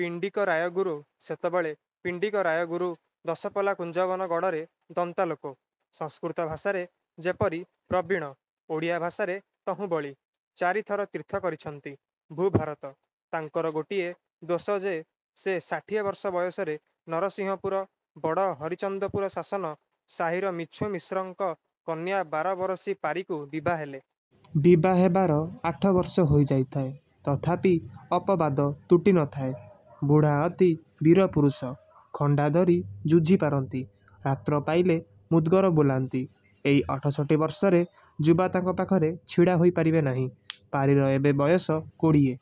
ପିଣ୍ଡିକ ରାୟଗୁରୁ ସେତେବେଳେ ପିଣ୍ଡିକ ରାୟଗୁରୁ ଦଶପଲ୍ଲା କୁଞ୍ଜବନ ଗଡ଼ରେ ଦନ୍ତା ଲୋକ। ସଂସ୍କୃତ ଭାଷାରେ ଯେପରି ପ୍ରବୀଣ' ଓଡ଼ିଆ ଭାଷାରେ ତହୁଁ ବଳି। ଚାରି ଥର ତୀର୍ଥ କରିଛନ୍ତି— ଭୂ−ଭାରତ-। ତାଙ୍କର ଗୋଟିଏ ଦୋଷ ଯେ ସେ ଷାଠିଏ ବର୍ଷ ବୟସରେ ନରସିଂହପୁର ବଡ଼ ହରିଚନ୍ଦପୁର ଶାସନ ସାହିର ମିଛୁ ମିଶ୍ରଙ୍କ କନ୍ୟା ବାର−ବରଷୀ ପାରିକୁ ବିଭା ହେଲେ। ବିଭା ହେବାର ଆଠ ବର୍ଷ ହୋଇଯାଇଥାଏ। ତଥାପି ଅପବାଦ ତୁଟି ନଥାଏ। ବୁଢ଼ା ଅତି ବୀର ପୁରୁଷ। ଖଣ୍ଡା ଧରି ଯୁଝି ପାରନ୍ତି। ରାତ୍ର ପାଇଲେ ମୁଦ୍ଗର ବୁଲାନ୍ତି। ଏଇ ଅଠଷଠୀ ବର୍ଷରେ ଯୁବା ତାଙ୍କ ପାଖରେ ଛିଡ଼ା ହୋଇପାରିବେ ନାହିଁ। ପାରିର ଏବେ ବୟସ କୋଡ଼ିଏ।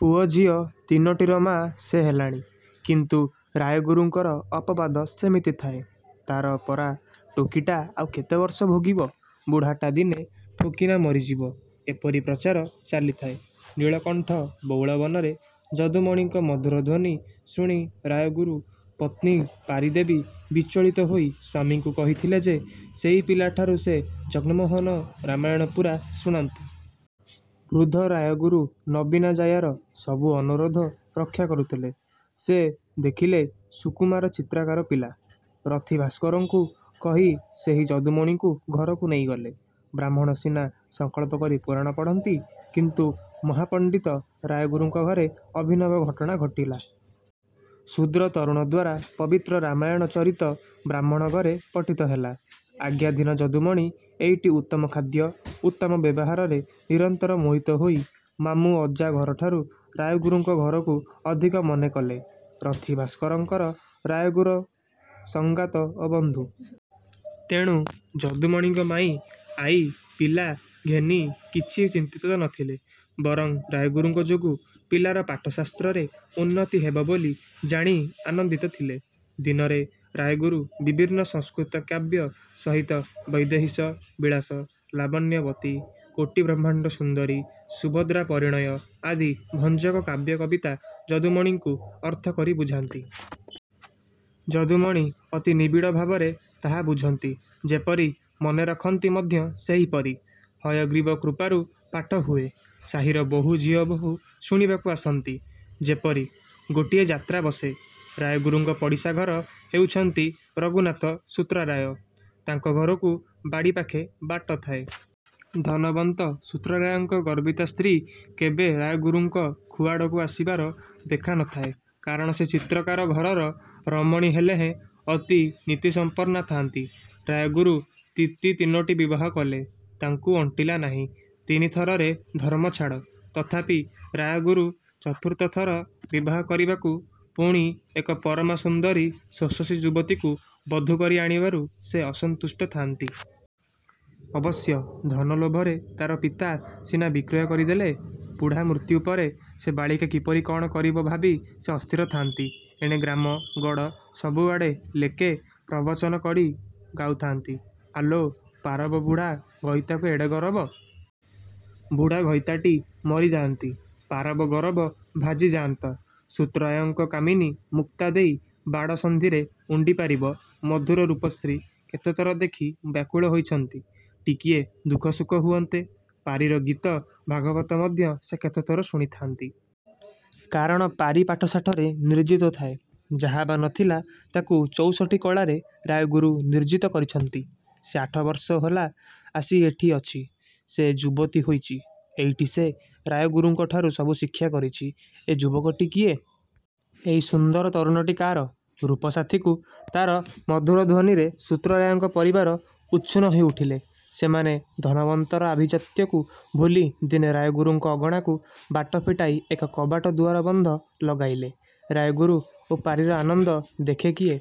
ପୁଅ ଝିଅ ତିନୋଟିର ମାଆ ସେ ହେଲାଣି-। କିନ୍ତୁ ରାୟଗୁରୁଙ୍କର ଅପବାଦ ସେମିତି ଥାଏ। ତାର ପରା ଟୋକୀଟା ଆଉ କେତେବର୍ଷ ଭୋଗିବ-? ବୁଢ଼ାଟା ଦିନେ ଠୋକିନା ମରିଯିବ। ଏପରି ପ୍ରଚାର ଚାଲିଥାଏ। ନୀଳକଣ୍ଠ ବଉଳବନରେ ଯଦୁମଣିଙ୍କ ମଧୁର ଧ୍ୱନୀ ଶୁଣି ରାୟଗୁରୁ ପତ୍ନୀ ପାରି ଦେବୀ ବିଚଳିତ ହୋଇ ସ୍ୱାମୀଙ୍କୁ କହିଥିଲେ ଯେ ସେଇ ପିଲାଠାରୁ ସେ ଜଗନ୍ମୋହନ ରାମାୟଣ ପୂରା ଶୁଣନ୍ତେ। ବୃଦ୍ଧ ରାୟଗୁରୁ ନବୀନା ଜାୟାର ସବୁ ଅନୁରୋଧ ରକ୍ଷା କରୁଥିଲେ। ସେ ଦେଖିଲେ ସୁକୁମାର ଚିତ୍ରକାର ପିଲା। ରଥୀ ଭାସ୍କରଙ୍କୁ କହି ସେହି ଯଦୁମଣିଙ୍କୁ ଘରକୁ ନେଇଗଲେ। ବ୍ରାହ୍ମଣ ସିନା ସଂକଳ୍ପ କରି ପୁରାଣ ପଢ଼ନ୍ତି। କିନ୍ତୁ ମହାପଣ୍ଡିତ ରାୟଗୁରୁଙ୍କ ଘରେ ଅଭିନବ ଘଟଣା ଘଟିଲା। ଶୁଦ୍ର ତରୁଣଦ୍ୱାରା ପବିତ୍ର ରାମାୟଣ ଚରିତ ବ୍ରାହ୍ମଣ ଘରେ ପଠିତ ହେଲା। ଆଜ୍ଞାଧୀନ ଯଦୁମଣି ଏଇଠି ଉତ୍ତମ ଖାଦ୍ୟ, ଉତ୍ତମ ବ୍ୟବହାରରେ ନିରନ୍ତର ମୋହିତ ହୋଇ ମାମୁଁ ଅଜା ଘରଠାରୁ ରାୟଗୁରୁଙ୍କ ଘରକୁ ଅଧିକ ମନେ କଲେ। ରଥୀ ଭାସ୍କରଙ୍କର ରାୟଗୁରୁ ସଙ୍ଗାତ ଓ ବନ୍ଧୁ। ତେଣୁ ଯଦୁମଣିଙ୍କ ମାଇଁ ଆଈ ପିଲା ଘେନି କିଛି ଚିନ୍ତିତ ନ ଥିଲେ। ବରଂ ରାୟଗୁରୁଙ୍କ ଯୋଗୁଁ ପିଲାର ପାଠ ଶାସ୍ତ୍ରରେ ଉନ୍ନତି ହେବ ବୋଲି ଜାଣି ଆନନ୍ଦିତ ଥିଲେ। ଦିନରେ ରାୟଗୁରୁ ବିଭିନ୍ନ ସଂସ୍କୃତ କାବ୍ୟ ସହିତ ବୈଦେହୀଶ ବିଳାସ, ଲାବଣ୍ୟବତୀ, କୋଟିବ୍ରହ୍ମାଣ୍ଡ ସୁନ୍ଦରୀ, ସୁଭଦ୍ରା ପରିଣୟ ଆଦି ଭଞ୍ଜଙ୍କ କାବ୍ୟକବିତା ଯଦୁମଣିଙ୍କୁ ଅର୍ଥକରି ବୁଝାନ୍ତି-। ଯଦୁମଣି ଅତି ନିବିଡ଼ ଭାବରେ ତାହା ବୁଝନ୍ତି ଯେପରି, ମନେ ରଖନ୍ତି ମଧ୍ୟ ସେହିପରି। ହୟଗ୍ରୀବ କୃପାରୁ ପାଠ ହୁଏ। ସାହିର ବହୁ ଝିଅବୋହୂ ଶୁଣିବାକୁ ଆସନ୍ତି। ଯେପରି। ଗୋଟିଏ ଯାତ୍ରା ବସେ। ରାୟଗୁରୁଙ୍କ ପଡ଼ିଶା ଘର ହେଉଛନ୍ତି ରଘୁନାଥ ସୂତ୍ରରାୟ। ତାଙ୍କ ଘରକୁ ବାଡ଼ି ପାଖେ ବାଟ ଥାଏ। ଧନବନ୍ତ ସୂତ୍ରରାୟଙ୍କ ଗର୍ବିତା ସ୍ତ୍ରୀ କେବେ ରାୟଗୁରୁଙ୍କ ଖୁଆଡ଼କୁ ଆସିବାର ଦେଖା ନ ଥାଏ। କାରଣ ସେ ଚିତ୍ରକାର ଘରର ରମଣୀ ହେଲେହେଁ ଅତି ନୀତିସଂପନ୍ନା ଥାଆନ୍ତି। ରାୟଗୁରୁ ତିତି ତିନୋଟି ବିବାହ କଲେ, ତାଙ୍କୁ ଅଣ୍ଟିଲା ନାହିଁ। ତିନି ଥରରେ ଧର୍ମ ଛାଡ଼। ତଥାପି ରାୟଗୁରୁ ଚତୁର୍ଥ ଥର ବିବାହ କରିବାକୁ ପୁଣି ଏକ ପରମା ସୁନ୍ଦରୀ ଷୋଷଶୀ ଯୁବତୀକୁ ବଧୂ କରି ଆଣିବାରୁ ସେ ଅସନ୍ତୁଷ୍ଟ ଥାନ୍ତି। ଅବଶ୍ୟ ଧନ ଲୋଭରେ ତାର ପିତା ସିନା ବିକ୍ରୟ କରିଦେଲେ। ବୁଢ଼ା ମୃତ୍ୟୁ ପରେ ସେ ବାଳିକା କିପରି କ'ଣ କରିବ ଭାବି ସେ ଅସ୍ଥିର ଥାନ୍ତି। ଏଣେ ଗ୍ରାମ, ଗଡ଼ ସବୁଆଡ଼େ ଲେକେ ପ୍ରବଚନ ଗଢ଼ି ଗାଉଥାନ୍ତି— ଆଲୋ ପାରବ ବୁଢ଼ା ଘଇତାକୁ ଏଡ଼େ ଗରବ! ବୁଢ଼ା ଘଇତାଟି ମରି ଯାଆନ୍ତି। ପାରବ ଗରବ ଭାଜି ଯାଆନ୍ତ। ସୂତ୍ରରାୟଙ୍କ କାମିନୀ ମୁକ୍ତା ଦେଇ ବାଡ଼ ସନ୍ଧିରେ ଉଣ୍ଡି ପାରିବ ମଧୁର ରୂପଶ୍ରୀ କେତେ ଥର ଦେଖି ବ୍ୟାକୁଳ ହୋଇଛନ୍ତି—ଟିକିଏ ଦୁଃଖ ସୁଖ ହୁଅନ୍ତେ। ପାରିର ଗୀତ ଭାଗବତ ମଧ୍ୟ ସେ କେତେଥର ଶୁଣିଥାନ୍ତି। କାରଣ ପାରି ପାଠଶାଠରେ ନିର୍ଜିତ ଥାଏ। ଯାହାବା ନ ଥିଲା ତାକୁ ଚଉଷଠୀ କଳାରେ ରାୟଗୁରୁ ନିର୍ଜିତ କରିଛନ୍ତି। ସେ ଆଠ ବର୍ଷ ହେଲା ଆସି ଏଇଠି ଅଛି। ସେ ଯୁବତୀ ହୋଇଛି। ଏଇଠି ସେ ରାୟଗୁରୁଙ୍କଠାରୁ ସବୁ ଶିକ୍ଷା କରିଛି। ଏ ଯୁବକଟି କିଏ? ଏଇ ସୁନ୍ଦର ତରୁଣଟି କା'ର? ରୂପ ସାଥିକୁ ତାର ମଧୁର ଧ୍ୱନୀରେ ସୂତ୍ରରାୟଙ୍କ ପରିବାର ଉଚ୍ଛନ୍ନ ହୋଇଉଠିଲେ। ସେମାନେ ଧନବନ୍ତର ଆଭିଜାତ୍ୟକୁ ଭୁଲି ଦିନେ ରାୟଗୁରୁଙ୍କ ଅଗଣାକୁ ବାଟ ଫିଟାଇ ଏକ କବାଟ ଦୁଆରବନ୍ଧ ଲଗାଇଲେ। ରାୟଗୁରୁ ଓ ପାରିର ଆନନ୍ଦ ଦେଖେ କିଏ?